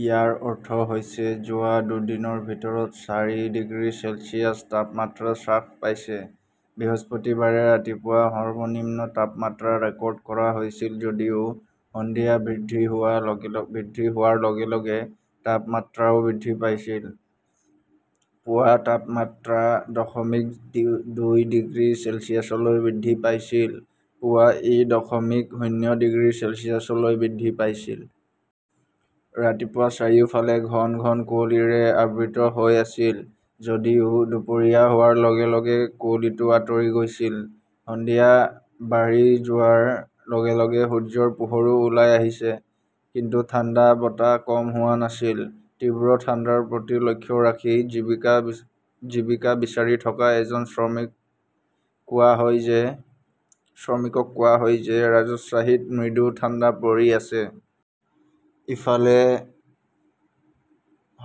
ইয়াৰ অৰ্থ হৈছে যোৱা দুদিনৰ ভিতৰত চাৰি ডিগ্ৰী চেলছিয়াছ তাপমাত্ৰা হ্ৰাস পাইছে। বৃহস্পতিবাৰে ৰাতিপুৱা সৰ্বনিম্ন তাপমাত্ৰা ৰেকৰ্ড কৰা হৈছিল যদিও সন্ধিয়া বৃদ্ধি হোৱাৰ লগে লগে তাপমাত্ৰাও বৃদ্ধি পাইছিল। পুৱা তাপমাত্ৰা দশমিক দুই ডিগ্ৰী চেলছিয়াছলৈ বৃদ্ধি পাইছিল, পুৱা ই দশমিক শূন্য ডিগ্ৰী চেলছিয়াছলৈ বৃদ্ধি পাইছিল। ৰাতিপুৱা চাৰিওফালে ঘন ঘন কুঁৱলীৰে আবৃত হৈ আছিল যদিও দুপৰীয়া হোৱাৰ লগে লগে কুঁৱলীটো আঁতৰি গৈছিল। সন্ধিয়া বাঢ়ি যোৱাৰ লগে লগে সূৰ্যৰ পোহৰো ওলাই আহিছে। কিন্তু ঠাণ্ডা বতাহ কম হোৱা নাছিল। তীব্ৰ ঠাণ্ডাৰ প্ৰতি লক্ষ্য ৰাখি জীৱিকা বিচাৰি থকা এজন শ্ৰমিক কোৱা হয় যে ৰাজশ্বাহীত মৃদু ঠাণ্ডা পৰি আছে। ইফালে,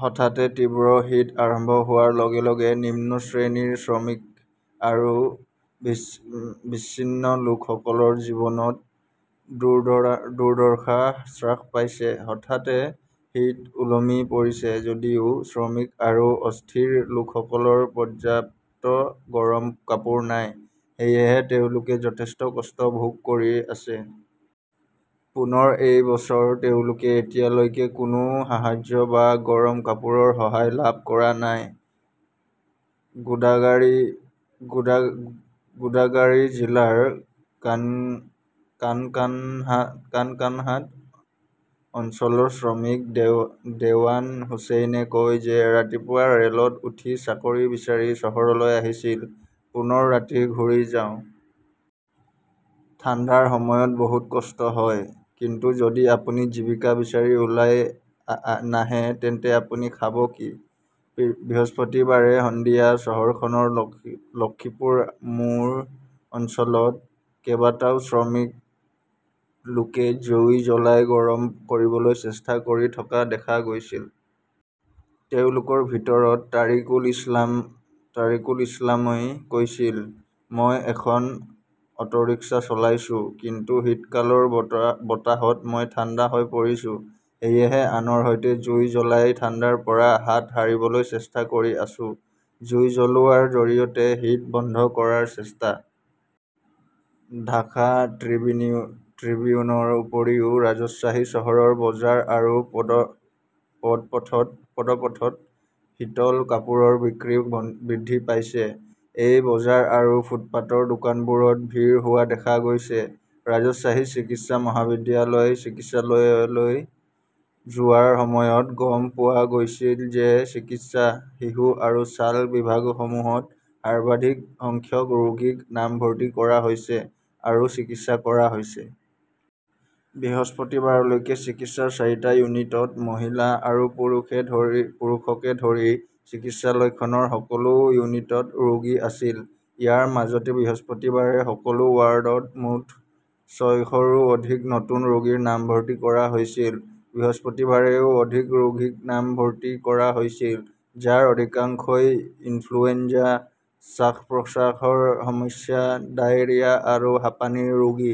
হঠাতে তীব্ৰ শীত আৰম্ভ হোৱাৰ লগে লগে নিম্ন শ্ৰেণীৰ শ্ৰমিক আৰু বিচ্ছিন্ন লোকসকলৰ জীৱনত দুৰ্দশা হ্ৰাস পাইছে। হঠাতে শীত ওলমি পৰিছে যদিও শ্ৰমিক আৰু অস্থিৰ লোকসকলৰ পৰ্যাপ্ত গৰম কাপোৰ নাই। সেয়েহে তেওঁলোকে যথেষ্ট কষ্ট ভোগ কৰি আছে। পুনৰ এই বছৰ তেওঁলোকে এতিয়ালৈকে কোনো সাহাৰ্য বা গৰম কাপোৰৰ সহায় লাভ কৰা নাই। গোদাগাৰী জিলাৰ কানকানহাট অঞ্চলৰ শ্ৰমিক দেৱান হুচেইনে কয় যে, ৰাতিপুৱা ৰে'লত উঠি চাকৰি বিচাৰি চহৰলৈ আহিছিল। পুনৰ ৰাতি ঘূৰি যাওঁ। ঠাণ্ডাৰ সময়ত বহুত কষ্ট হয়। কিন্তু যদি আপুনি জীৱিকা বিচাৰি ওলাই নাহে তেন্তে আপুনি খাব কি? বৃহস্পতিবাৰে সন্ধিয়া চহৰখনৰ লক্ষিপুৰ মোৰ অঞ্চলত কেইবাটাও শ্ৰমিক লোকে জুই জ্বলাই গৰম কৰিবলৈ চেষ্টা কৰি থকা দেখা গৈছিল। তেওঁলোকৰ ভিতৰত তাৰিকুল ইছলামই কৈছিল, মই এখন অটৰিক্সা চলাইছোঁ। কিন্তু শীতকালৰ বতাহত মই ঠাণ্ডা হৈ পৰিছোঁ। সেয়েহে আনৰ সৈতে জুই জ্বলাই ঠাণ্ডাৰ পৰা হাত সাৰিবলৈ চেষ্টা কৰি আছোঁ। জুই জ্বলোৱাৰ জৰিয়তে শীত বন্ধ কৰাৰ চেষ্টা। ঢাকা ট্ৰিবিউনৰ উপৰিও ৰাজশ্বাহী চহৰৰ বজাৰ আৰু পদপথত শীতল কাপোৰৰ বিক্ৰী বৃদ্ধি পাইছে। এই বজাৰ আৰু ফুটপাতৰ দোকানবোৰত ভিৰ হোৱা দেখা গৈছে। ৰাজশ্বাহী চিকিৎসা মহাবিদ্যালয় চিকিৎসালয়লৈ যোৱাৰ সময়ত গম পোৱা গৈছিল যে চিকিৎসা, শিশু আৰু ছাল বিভাগসমূহত সৰ্বাধিক সংখ্যক ৰোগীক নামভৰ্তি কৰা হৈছে আৰু চিকিৎসা কৰা হৈছে। বৃহস্পতিবাৰলৈকে চিকিৎসাৰ চাৰিটা ইউনিটত মহিলা আৰু পুৰুষকে ধৰি চিকিৎসালয়খনৰ সকলো ইউনিটত ৰোগী আছিল। ইয়াৰ মাজতে বৃহস্পতিবাৰে সকলো ৱাৰ্ডত মুঠ ছয়শৰো অধিক নতুন ৰোগীৰ নামভৰ্তি কৰা হৈছিল। বৃহস্পতিবাৰেও অধিক ৰোগীক নামভৰ্তি কৰা হৈছিল, যাৰ অধিকাংশই ইনফ্লুৱেঞ্জা, শ্বাস-প্ৰশ্বাসৰ সমস্যা, ডায়েৰিয়া আৰু হাঁপানিৰ ৰোগী।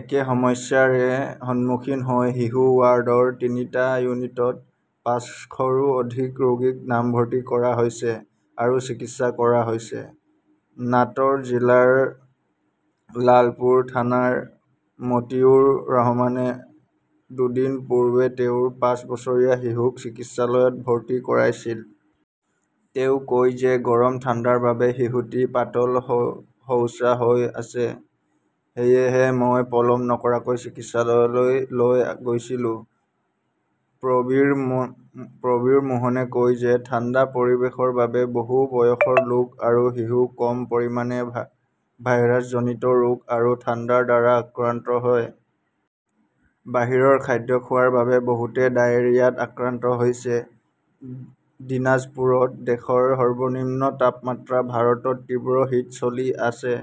একে সমস্যাৰ সন্মুখীন হৈ শিশু ৱাৰ্ডৰ তিনিটা ইউনিটত পাঁচশৰো অধিক ৰোগীক নামভৰ্তি কৰা হৈছে আৰু চিকিৎসা কৰা হৈছে। নাট 'ৰ জিলাৰ লালপুৰ থানাৰ মতিউৰ ৰহমানে দুদিন পূৰ্বে তেওঁৰ পাঁচ বছৰীয়া শিশুক চিকিৎসালয়ত ভৰ্তি কৰাইছিল। তেওঁ কয় যে, গৰম ঠাণ্ডাৰ বাবে শিশুটি পাতল শৌচা হৈ আছে। সেয়েহে মই পলম নকৰাকৈ চিকিৎসালয়লৈ লৈ গৈছিলোঁ। প্ৰবীৰ মোহনে কয় যে, ঠাণ্ডা পৰিৱেশৰ বাবে বহু বয়সৰ লোক আৰু শিশু কম পৰিমাণে ভাইৰাছজনিত ৰোগ আৰু ঠাণ্ডাৰ দ্বাৰা আক্ৰান্ত হয়। বাহিৰৰ খাদ্য খোৱাৰ বাবে বহুতে ডায়েৰিয়াত আক্ৰান্ত হৈছে। দিনাজপুৰত দেশৰ সৰ্বনিম্ন তাপমাত্ৰা ভাৰতত তীব্ৰ শীত চলি আছে।